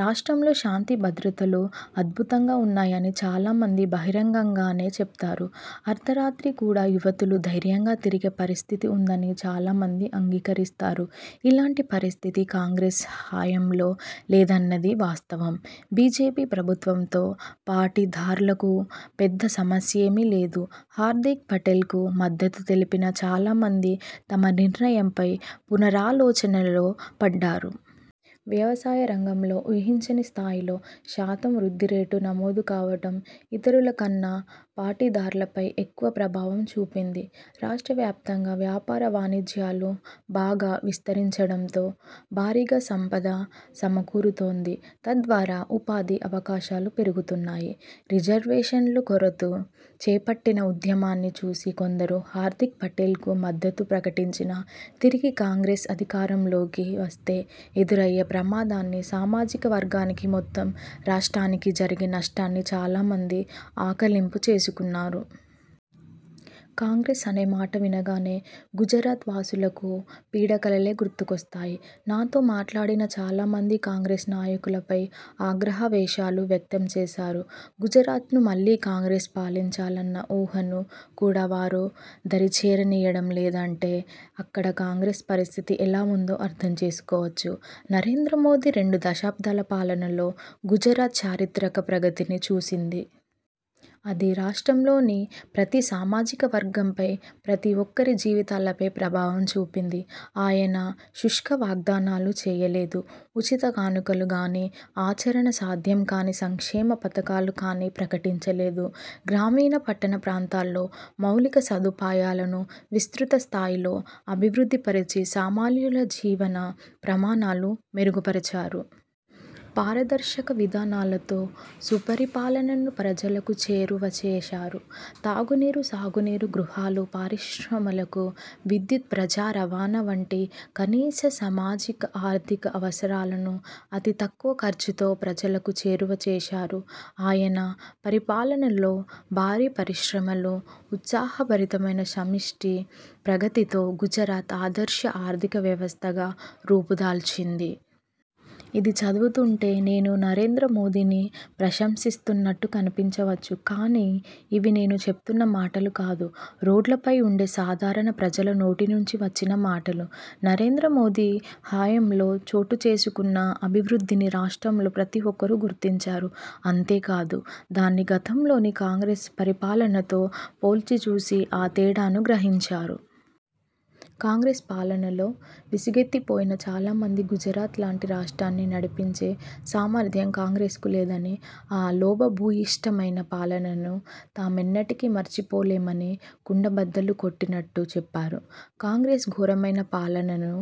రాష్టంలో శాంతి భద్రతలు అద్భుతంగా ఉన్నాయని చాలా మంది బహిరంగంగానే చెప్తారు. అర్ధరాత్రి కూడా యువతులు ధైర్యంగా తిరిగే పరిస్థితి ఉందని చాలా మంది అంగీకరిస్తారు. ఇలాంటి పరిస్థితి కాంగ్రెస్ హయాంలో లేదన్నది వాస్తవం. బీజేపీ ప్రభుత్వంతో పాటిదార్లకు పెద్ద సమస్యేమీ లేదు. హార్ధిక్ పటేల్కు మద్దతు తెలిపిన చాలామంది తమ నిర్ణయంపై పునరాలోచనలో పడ్డారు. వ్యవసాయ రంగంలో ఊహించని స్థాయిలో శాతం వృద్ధిరేటు నమోదు కావడం ఇతరులకన్నా పాటీదార్లపై ఎక్కువ ప్రభావం చూపింది. రాష్ట్రవ్యాప్తంగా వ్యాపార, వాణిజ్యాలు బాగా విస్తరించడంతో భారీగా సంపద సమకూరుతోంది. తద్వారా ఉపాధి అవకాశాలు పెరుగుతున్నాయి. రిజర్వేషన్లుకోరుతూ చేపట్టిన ఉద్యమాన్ని చూసి కొందరు హార్ధిక్ పటేల్కు మద్దతు ప్రకటించినా తిరిగి కాంగ్రెస్ అధికారంలోకి వస్తే ఎదురయ్యే ప్రమాదాన్ని, సామాజిక వర్గానికి, మొత్తంగా రాష్ర్టానికి జరిగే నష్టాన్ని చాలామంది ఆకళింపు చేసుకున్నారు. కాంగ్రెస్ అనే మాట వినగానే గుజరాత్ వాసులకు పీడ కలలే గుర్తుకొస్తాయి. నాతో మాట్లాడిన చాలామంది కాంగ్రెస్ నాయకులపై ఆగ్రహావేశాలు వ్యక్తం చేసారు. గుజరాత్ను మళ్లీ కాంగ్రెస్ పాలించాలన్న ఊహను కూడా వారు దరిచేరనీయడం లేదంటే అక్కడ కాంగ్రెస్ పరిస్థితి ఎలాఉందో అర్థం చేసుకోవచ్చు. నరేంద్రమోదీ రెండు దశాబ్దాల పాలనలో గుజరాత్ చారిత్రిక ప్రగతిని చూసింది. అది రాష్ట్రంలోని ప్రతీ సామాజిక వర్గంపై, ప్రతి ఒక్కరి జీవితాలపై ప్రభావం చూపింది. ఆయన శుష్క వాగ్ధానాలు చేయలేదు, ఉచిత కానుకలు గానీ, ఆచరణ సాధ్యంకాని సంక్షేమ పథకాలు కానీ ప్రకటించలేదు. గ్రామీణ, పట్టణ ప్రాంతాల్లో మౌలిక సదుపాయాలను విస్తృత స్థాయిలో అభివృద్ధిపరచి సామాన్యుల జీవన ప్రమాణాలు మెరుగుపరచారు. పారదర్శక విధానాలతో సుపరిపాలనను ప్రజలకు చేరువ చేశారు. తాగునీరు, సాగునీరు, గృహాలు, పరిశ్రమలకు విద్యుత్, ప్రజారవాణా వంటి కనీస సామాజిక, ఆర్థిక అవసరాలను అతి తక్కువ ఖర్చుతో ప్రజలకు చేరువ చేశారు. ఆయన పరిపాలనలో భారీ పరిశ్రమలు, ఉత్సాహభరితమైన సమిష్టి ప్రగతితో గుజరాత్ ఆదర్శ ఆర్థిక వ్యవస్థగా రూపుదాల్చింది. ఇది చదువుతుంటే నేను నరేంద్ర మోదీని ప్రశంసిస్తున్నట్టు కనిపించవచ్చు కానీ, ఇవి నేను చెప్తున్న మాటలు కాదు. రోడ్లపై ఉండే సాధారణ ప్రజల నోటినుంచి వచ్చిన మాటలు. నరేంద్ర మోదీ హయాంలో చోటుచేసుకున్న అభివృద్ధిని రాష్ట్రంలో ప్రతి ఒక్కరూ గుర్తించారు. అంతేకాదు, దాన్ని గతంలోని కాంగ్రెస్ పరిపాలనతో పోల్చి చూసి ఆ తేడాను గ్రహించారు. కాంగ్రెస్ పాలనలో విసుగెత్తిపోయిన చాలామంది గుజరాత్ లాంటి రాష్ట్రాన్ని నడిపించే సామర్థ్యం కాంగ్రెస్కు లేదని, ఆ లోపభూయిష్టమైన పాలనను తామెన్నటికీ మర్చిపోలేమనీ కుండబద్దలు కొట్టినట్టు చెప్పారు. కాంగ్రెస్ ఘోరమైన పాలనను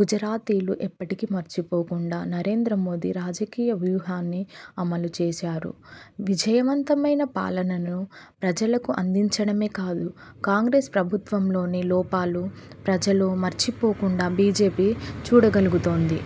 గుజరాతీలు ఎప్పటికీ మర్చిపోకుండా నరేంద్ర మోదీ రాజకీయ వ్యూహాన్ని అమలు చేశారు. విజయవంతమైన పాలనను ప్రజలకు అందించడమే కాదు, కాంగ్రెస్ ప్రభుత్వంలోని లోపాలు ప్రజలు మర్చిపోకుండా బీజేపీ చూడగలుగుతోంది.